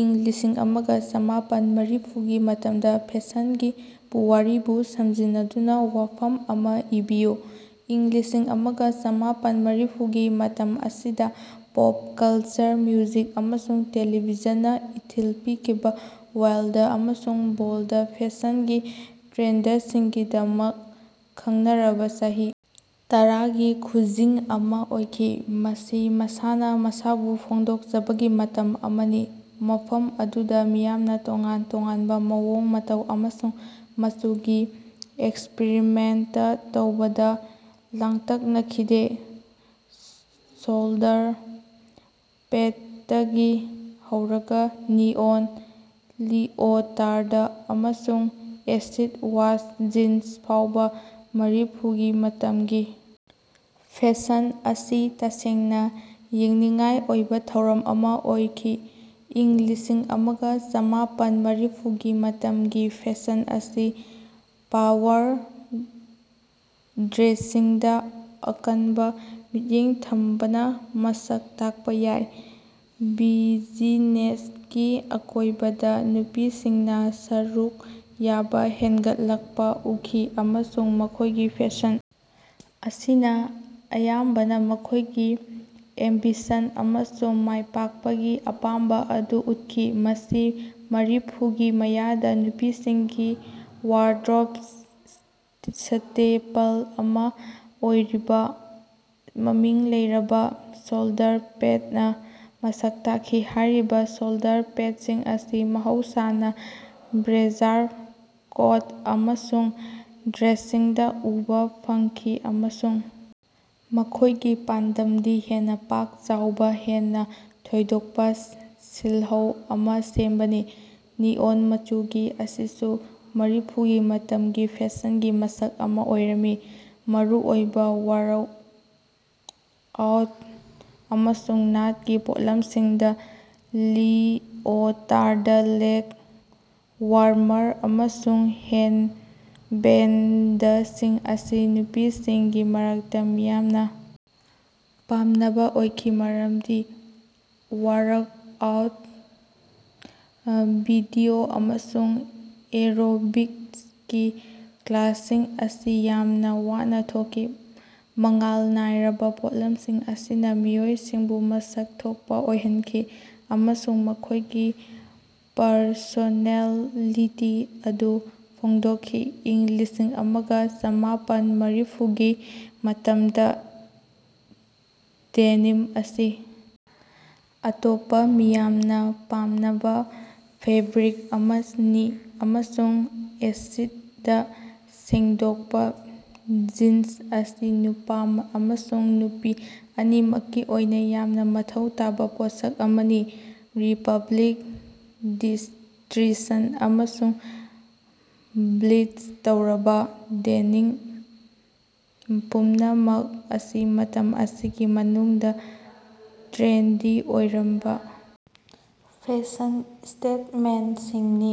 ꯏꯪ ꯂꯤꯁꯤꯡ ꯑꯃꯒ ꯆꯃꯥꯄꯟ ꯃꯔꯤꯐꯨꯒꯤ ꯃꯇꯝꯗ ꯐꯦꯁꯟꯒꯤ ꯄꯨꯋꯥꯔꯤꯕꯨ ꯁꯝꯖꯤꯟꯅꯗꯨꯅ ꯋꯥꯐꯝ ꯑꯃꯥ ꯏꯕꯤꯌꯨ꯫ ꯏꯪ ꯂꯤꯁꯤꯡ ꯑꯃꯒ ꯆꯃꯥꯄꯟ ꯃꯔꯤꯐꯨꯒꯤ ꯃꯇꯝ ꯑꯁꯤ ꯄꯣꯞ ꯀꯜꯆꯔ, ꯃ꯭ꯌꯨꯖꯤꯛ ꯑꯃꯁꯨꯡ ꯇꯦꯂꯤꯚꯤꯖꯟꯅ ꯏꯊꯤꯜ ꯄꯤꯈꯤꯕ ꯋꯥꯏꯜꯗ ꯑꯃꯁꯨꯡ ꯕꯣꯜꯗ ꯐꯦꯁꯟꯒꯤ ꯇ꯭ꯔꯦꯟꯗꯁꯤꯡꯒꯤꯗꯃꯛ ꯈꯪꯅꯔꯕ ꯆꯍꯤ ꯇꯔꯥꯒꯤ ꯈꯨꯖꯤꯡ ꯑꯃ ꯑꯣꯏꯈꯤ꯫ ꯃꯁꯤ ꯃꯁꯥꯅ ꯃꯁꯥꯕꯨ ꯐꯣꯡꯗꯣꯛꯆꯕꯒꯤ ꯃꯇꯝ ꯑꯃꯅꯤ꯫ ꯃꯐꯝ ꯑꯗꯨꯗ ꯃꯤꯌꯥꯝꯅ ꯇꯣꯉꯥꯟ-ꯇꯣꯉꯥꯟꯕ ꯃꯑꯣꯡ ꯃꯇꯧ ꯑꯃꯁꯨꯡ ꯃꯆꯨꯒꯤ ꯑꯦꯛꯁꯄꯤꯔꯤꯃꯦꯟꯇ ꯇꯧꯕꯗ ꯂꯥꯡꯇꯛꯅꯈꯤꯗꯦ꯫ ꯁꯣꯜꯗꯔ ꯄꯦꯗꯇꯒꯤ ꯍꯧꯔꯒ ꯅꯤꯑꯣꯟ ꯂꯤꯑꯣꯇꯥꯔꯗ ꯑꯃꯁꯨꯡ ꯑꯦꯁꯤꯗ ꯋꯥꯁ ꯖꯤꯟꯁ ꯐꯥꯎꯕ, ꯃꯔꯤꯐꯨꯒꯤ ꯃꯇꯝꯒꯤ ꯐꯦꯁꯟ ꯑꯁꯤ ꯇꯁꯦꯡꯅ ꯌꯦꯡꯅꯤꯡꯉꯥꯏ ꯑꯣꯏꯕ ꯊꯧꯔꯝ ꯑꯃ ꯑꯣꯏꯈꯤ꯫ꯏꯪ ꯂꯤꯁꯤꯡ ꯑꯃꯒ ꯆꯃꯥꯄꯟ ꯃꯔꯤꯐꯨꯒꯤ ꯃꯇꯝꯒꯤ ꯐꯦꯁꯟ ꯑꯁꯤ ꯄꯥꯋꯔ ꯗ꯭ꯔꯦꯁꯤꯡꯗ ꯑꯀꯟꯕ ꯃꯤꯠꯌꯦꯡ ꯊꯝꯕꯅ ꯃꯁꯛ ꯇꯥꯛꯄ ꯌꯥꯏ꯫ ꯕꯤꯖꯤꯅꯦꯁꯀꯤ ꯑꯀꯣꯏꯕꯗ ꯅꯨꯄꯤꯁꯤꯡꯅ ꯁꯔꯨꯛ ꯌꯥꯕ ꯍꯦꯟꯒꯠꯂꯛꯄ ꯎꯈꯤ ꯑꯃꯁꯨꯡ ꯃꯈꯣꯏꯒꯤ ꯐꯦꯁꯟ ꯑꯁꯤꯅ ꯑꯌꯥꯝꯕꯅ ꯃꯈꯣꯏꯒꯤ ꯑꯦꯝꯕꯤꯁꯟ ꯑꯃꯁꯨꯡ ꯃꯥꯏꯄꯥꯛꯄꯒꯤ ꯑꯄꯥꯝꯕ ꯑꯗꯨ ꯎꯠꯈꯤ꯫ ꯃꯁꯤ ꯃꯔꯤꯐꯨꯒꯤ ꯃꯌꯥꯗ ꯅꯨꯄꯤꯁꯤꯡꯒꯤ ꯋꯥꯔꯗ꯭ꯔꯣꯕ ꯁ꯭ꯇꯦꯄꯜ ꯑꯃ ꯑꯣꯏꯔꯤꯕ ꯃꯃꯤꯡ ꯂꯩꯔꯕ ꯁꯣꯜꯗꯔ-ꯄꯦꯗꯅ ꯃꯁꯛ ꯇꯥꯛꯈꯤ꯫ ꯍꯥꯏꯔꯤꯕ ꯁꯣꯜꯗꯔ-ꯄꯦꯗꯁꯤꯡ ꯑꯁꯤ ꯃꯍꯧꯁꯥꯅ ꯕ꯭ꯂꯦꯖꯥꯔ, ꯀꯣꯠ ꯑꯃꯁꯨꯡ ꯗ꯭ꯔꯦꯁꯁꯤꯡꯗ ꯎꯕ ꯐꯪꯈꯤ ꯑꯃꯁꯨꯡ ꯃꯈꯣꯏꯒꯤ ꯄꯥꯟꯗꯝꯗꯤ ꯍꯦꯟꯅ ꯄꯥꯛ ꯆꯥꯎꯕ, ꯍꯦꯟꯅ ꯊꯣꯏꯗꯣꯛꯄ ꯁꯤꯜꯍꯧ ꯑꯃ ꯁꯦꯝꯕꯅꯤ꯫ ꯅꯤꯑꯣꯟ ꯃꯆꯨꯁꯤꯡ ꯑꯁꯤꯁꯨ ꯃꯔꯤꯐꯨꯒꯤ ꯃꯇꯝꯒꯤ ꯐꯦꯁꯟꯒꯤ ꯃꯁꯛ ꯑꯃ ꯑꯣꯏꯔꯝꯃꯤ꯫ ꯃꯔꯨꯑꯣꯏꯅ ꯋꯥꯔꯛꯑꯥꯎꯠ ꯑꯃꯁꯨꯡ ꯅꯥꯠꯀꯤ ꯄꯣꯠꯂꯝꯁꯤꯡꯗ ꯂꯤꯑꯣꯇꯥꯔꯗ, ꯂꯦꯒ ꯋꯥꯔꯃꯔ ꯑꯃꯁꯨꯡ ꯍꯦꯗꯕꯦꯟꯗꯁꯤꯡ ꯑꯁꯤ ꯅꯨꯄꯤꯁꯤꯡꯒꯤ ꯃꯔꯛꯇ ꯃꯤꯌꯥꯝꯅ ꯄꯥꯝꯅꯕ ꯑꯣꯏꯈꯤ ꯃꯔꯝꯗꯤ ꯋꯥꯔꯛꯑꯥꯎꯠ ꯚꯤꯗꯤꯑꯣ ꯑꯃꯁꯨꯡ ꯑꯦꯔꯣꯕꯤꯛꯁꯀꯤ ꯀ꯭ꯂꯥꯁꯁꯤꯡ ꯑꯁꯤ ꯌꯥꯝꯅ ꯋꯥꯅ ꯊꯣꯛꯈꯤ꯫ ꯃꯉꯥꯜ ꯅꯥꯏꯔꯕ ꯄꯣꯠꯂꯝꯁꯤꯡ ꯑꯁꯤꯅ ꯃꯤꯑꯣꯏꯁꯤꯡꯕꯨ ꯃꯁꯛ ꯊꯣꯛꯄ ꯑꯣꯏꯍꯟꯈꯤ ꯑꯃꯁꯨꯡ ꯃꯈꯣꯏꯒꯤ ꯄꯔꯁꯣꯅꯦꯜꯂꯤꯇꯤ ꯑꯗꯨ ꯐꯣꯡꯗꯣꯛꯈꯤ꯫ ꯏꯪ ꯂꯤꯁꯤꯡ ꯑꯃꯒ ꯆꯃꯥꯄꯟ ꯃꯔꯤꯐꯨꯒꯤ ꯃꯇꯝꯗ ꯗꯦꯅꯤꯝ ꯑꯁꯤ ꯑꯇꯣꯞꯄ ꯃꯤꯌꯥꯝꯅ ꯄꯥꯝꯅꯕ ꯐꯦꯕ꯭ꯔꯤꯛ ꯑꯃꯅꯤ ꯑꯃꯁꯨꯡ ꯑꯦꯁꯤꯗꯅ ꯁꯦꯡꯗꯣꯛꯄ ꯖꯤꯟꯁ ꯑꯁꯤ ꯅꯨꯄꯥ ꯑꯃꯁꯨꯡ ꯅꯨꯄꯤ ꯑꯅꯤꯃꯛꯀꯤ ꯑꯣꯏꯅ ꯌꯥꯝꯅ ꯃꯊꯧ ꯇꯥꯕ ꯄꯣꯠꯁꯛ ꯑꯃꯅꯤ꯫ ꯔꯤꯄꯕ꯭ꯂꯤꯛ, ꯗꯤꯁꯇ꯭ꯔꯤꯁꯟ ꯑꯃꯁꯨꯡ ꯕ꯭ꯂꯤꯆ ꯇꯧꯔꯕ ꯗꯦꯅꯤꯝ ꯄꯨꯝꯅꯃꯛ ꯑꯁꯤ ꯃꯇꯝ ꯑꯁꯤꯒꯤ ꯃꯅꯨꯡꯗ ꯇ꯭ꯔꯦꯟꯗꯤ ꯑꯣꯏꯔꯝꯕ ꯐꯦꯁꯟ ꯁ꯭ꯇꯦꯠꯃꯦꯟꯇꯁꯤꯡꯅꯤ꯫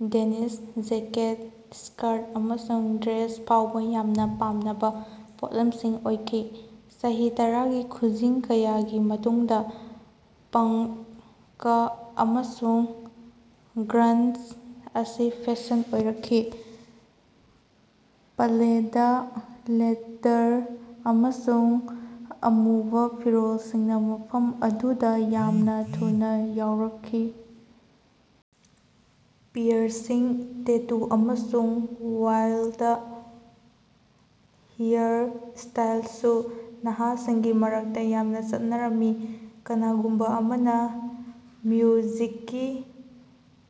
ꯗꯦꯅꯤꯁ ꯖꯦꯀꯦꯠ, ꯁ꯭ꯀꯔꯠ ꯑꯃꯁꯨꯡ ꯗ꯭ꯔꯦꯁ ꯐꯥꯎꯕ ꯌꯥꯝꯅ ꯄꯥꯝꯅꯕ ꯄꯣꯠꯂꯝꯁꯤꯡ ꯑꯣꯏꯈꯤ꯫ ꯆꯍꯤ ꯇꯔꯥꯒꯤ ꯈꯨꯖꯤꯡ ꯀꯌꯥꯒꯤ ꯃꯇꯨꯡꯗ ꯄꯪꯀ ꯑꯃꯁꯨꯡ ꯒ꯭ꯔꯟꯖ ꯑꯁꯤ ꯐꯦꯁꯟ ꯑꯣꯏꯔꯛꯈꯤ꯫ ꯄ꯭ꯂꯦꯗ, ꯂꯦꯗꯔ ꯑꯃꯁꯨꯡ ꯑꯃꯨꯕ ꯐꯤꯔꯣꯜꯁꯤꯡꯅ ꯃꯐꯝ ꯑꯗꯨꯗ ꯌꯥꯝꯅ ꯊꯨꯅ ꯌꯥꯎꯔꯛꯈꯤ꯫ ꯄꯤꯌꯔꯁꯤꯡ, ꯇꯦꯇꯨ ꯑꯃꯁꯨꯡ ꯋꯥꯏꯜꯗ ꯍꯤꯌꯔꯁ꯭ꯇꯥꯏꯜꯁꯨ ꯅꯍꯥꯁꯤꯡꯒꯤ ꯃꯔꯛꯇ ꯌꯥꯝꯅ ꯆꯠꯅꯔꯝꯃꯤ꯫ ꯀꯅꯥꯒꯨꯝꯕ ꯑꯃꯅ ꯃ꯭ꯌꯨꯖꯤꯛꯀꯤ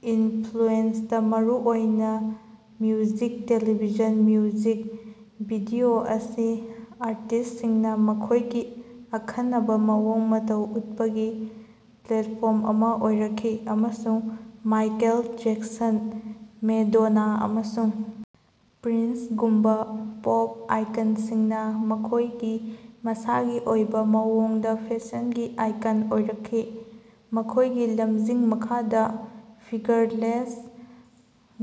ꯏꯟꯐ꯭ꯂꯨꯑꯦꯟꯁ, ꯃꯔꯨꯑꯣꯏꯅ ꯃ꯭ꯌꯨꯖꯤꯛ ꯇꯦꯂꯤꯚꯤꯖꯟ ꯃ꯭ꯌꯨꯖꯤꯛ ꯚꯤꯗꯤꯑꯣꯁꯤꯡ ꯑꯁꯤ ꯑꯥꯔꯇꯤꯁꯠꯁꯤꯡꯅ ꯃꯈꯣꯏꯒꯤ ꯑꯈꯟꯅꯕ ꯃꯑꯣꯡ ꯃꯇꯧ ꯎꯠꯄꯒꯤ ꯄ꯭ꯂꯦꯠꯐꯣꯔꯝ ꯑꯃ ꯑꯣꯏꯔꯛꯈꯤ ꯑꯃꯁꯨꯡ ꯃꯥꯏꯀꯦꯜ ꯖꯦꯛꯁꯟ, ꯃꯦꯗꯣꯅꯥ ꯑꯃꯁꯨꯡ ꯄ꯭ꯔꯤꯟꯁꯒꯨꯝꯕ ꯄꯣꯞ ꯑꯥꯏꯀꯟꯁꯤꯡꯅ ꯃꯈꯣꯏꯒꯤ ꯃꯁꯥꯒꯤ ꯑꯣꯏꯕ ꯃꯑꯣꯡꯗ ꯐꯦꯁꯟꯒꯤ ꯑꯥꯏꯀꯟ ꯑꯣꯏꯔꯛꯈꯤ꯫ ꯃꯈꯣꯏꯒꯤ ꯂꯝꯖꯤꯡ ꯃꯈꯥꯗ ꯐꯤꯒꯔꯂꯦꯁ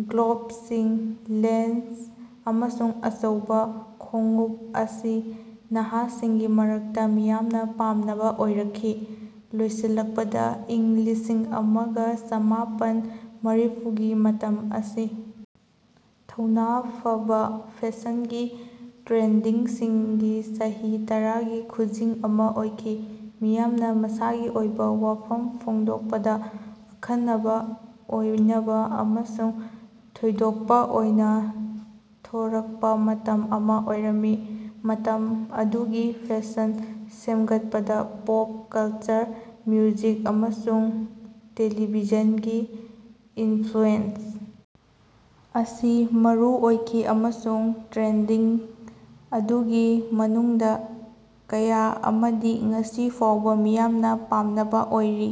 ꯒ꯭ꯂꯣꯕꯁꯤꯡ, ꯂꯦꯁ ꯑꯃꯁꯨꯡ ꯑꯆꯧꯕ ꯈꯣꯡꯎꯞ ꯑꯁꯤ ꯅꯍꯥꯁꯤꯡꯒꯤ ꯃꯔꯛꯇ ꯃꯤꯌꯥꯝꯅ ꯄꯥꯝꯅꯕ ꯑꯣꯏꯔꯛꯈꯤ꯫ ꯂꯣꯏꯁꯤꯜꯂꯛꯄꯗ, ꯏꯪ ꯂꯤꯁꯤꯡ ꯑꯃꯒ ꯆꯃꯥꯄꯟ ꯃꯔꯤꯐꯨꯒꯤ ꯃꯇꯝ ꯑꯁꯤ ꯊꯧꯅꯥ ꯐꯕ ꯐꯦꯁꯟꯒꯤ ꯇ꯭ꯔꯦꯟꯗꯁꯤꯡꯒꯤ ꯆꯍꯤ ꯇꯔꯥꯒꯤ ꯈꯨꯖꯤꯡ ꯑꯃ ꯑꯣꯏꯈꯤ꯫ ꯃꯤꯌꯥꯝꯅ ꯃꯁꯥꯒꯤ ꯑꯣꯏꯕ ꯋꯥꯐꯝ ꯐꯣꯡꯗꯣꯛꯄꯗ ꯑꯈꯟꯅꯕ ꯑꯣꯏꯅꯕ ꯑꯃꯁꯨꯡ ꯊꯣꯏꯗꯣꯛꯄ ꯑꯣꯏꯅ ꯊꯣꯔꯛꯄ ꯃꯇꯝ ꯑꯃ ꯑꯣꯏꯔꯝꯃꯤ꯫ ꯃꯇꯝ ꯑꯗꯨꯒꯤ ꯐꯦꯁꯟ ꯁꯦꯝꯒꯠꯄꯗ ꯄꯣꯞ ꯀꯜꯆꯔ, ꯃ꯭ꯌꯨꯖꯤꯛ ꯑꯃꯁꯨꯡ ꯇꯦꯂꯤꯚꯤꯖꯟꯒꯤ ꯏꯟꯐ꯭ꯂꯨꯑꯦꯟꯁ ꯑꯁꯤ ꯃꯔꯨ ꯑꯣꯏꯈꯤ ꯑꯃꯁꯨꯡ ꯇ꯭ꯔꯦꯟꯗꯁꯤꯡ ꯑꯗꯨꯒꯤ ꯃꯅꯨꯡꯗ ꯀꯌꯥ ꯑꯃꯗꯤ ꯉꯁꯤ ꯐꯥꯎꯕ ꯃꯤꯌꯥꯝꯅ ꯄꯥꯝꯅꯕ ꯑꯣꯏꯔꯤ꯫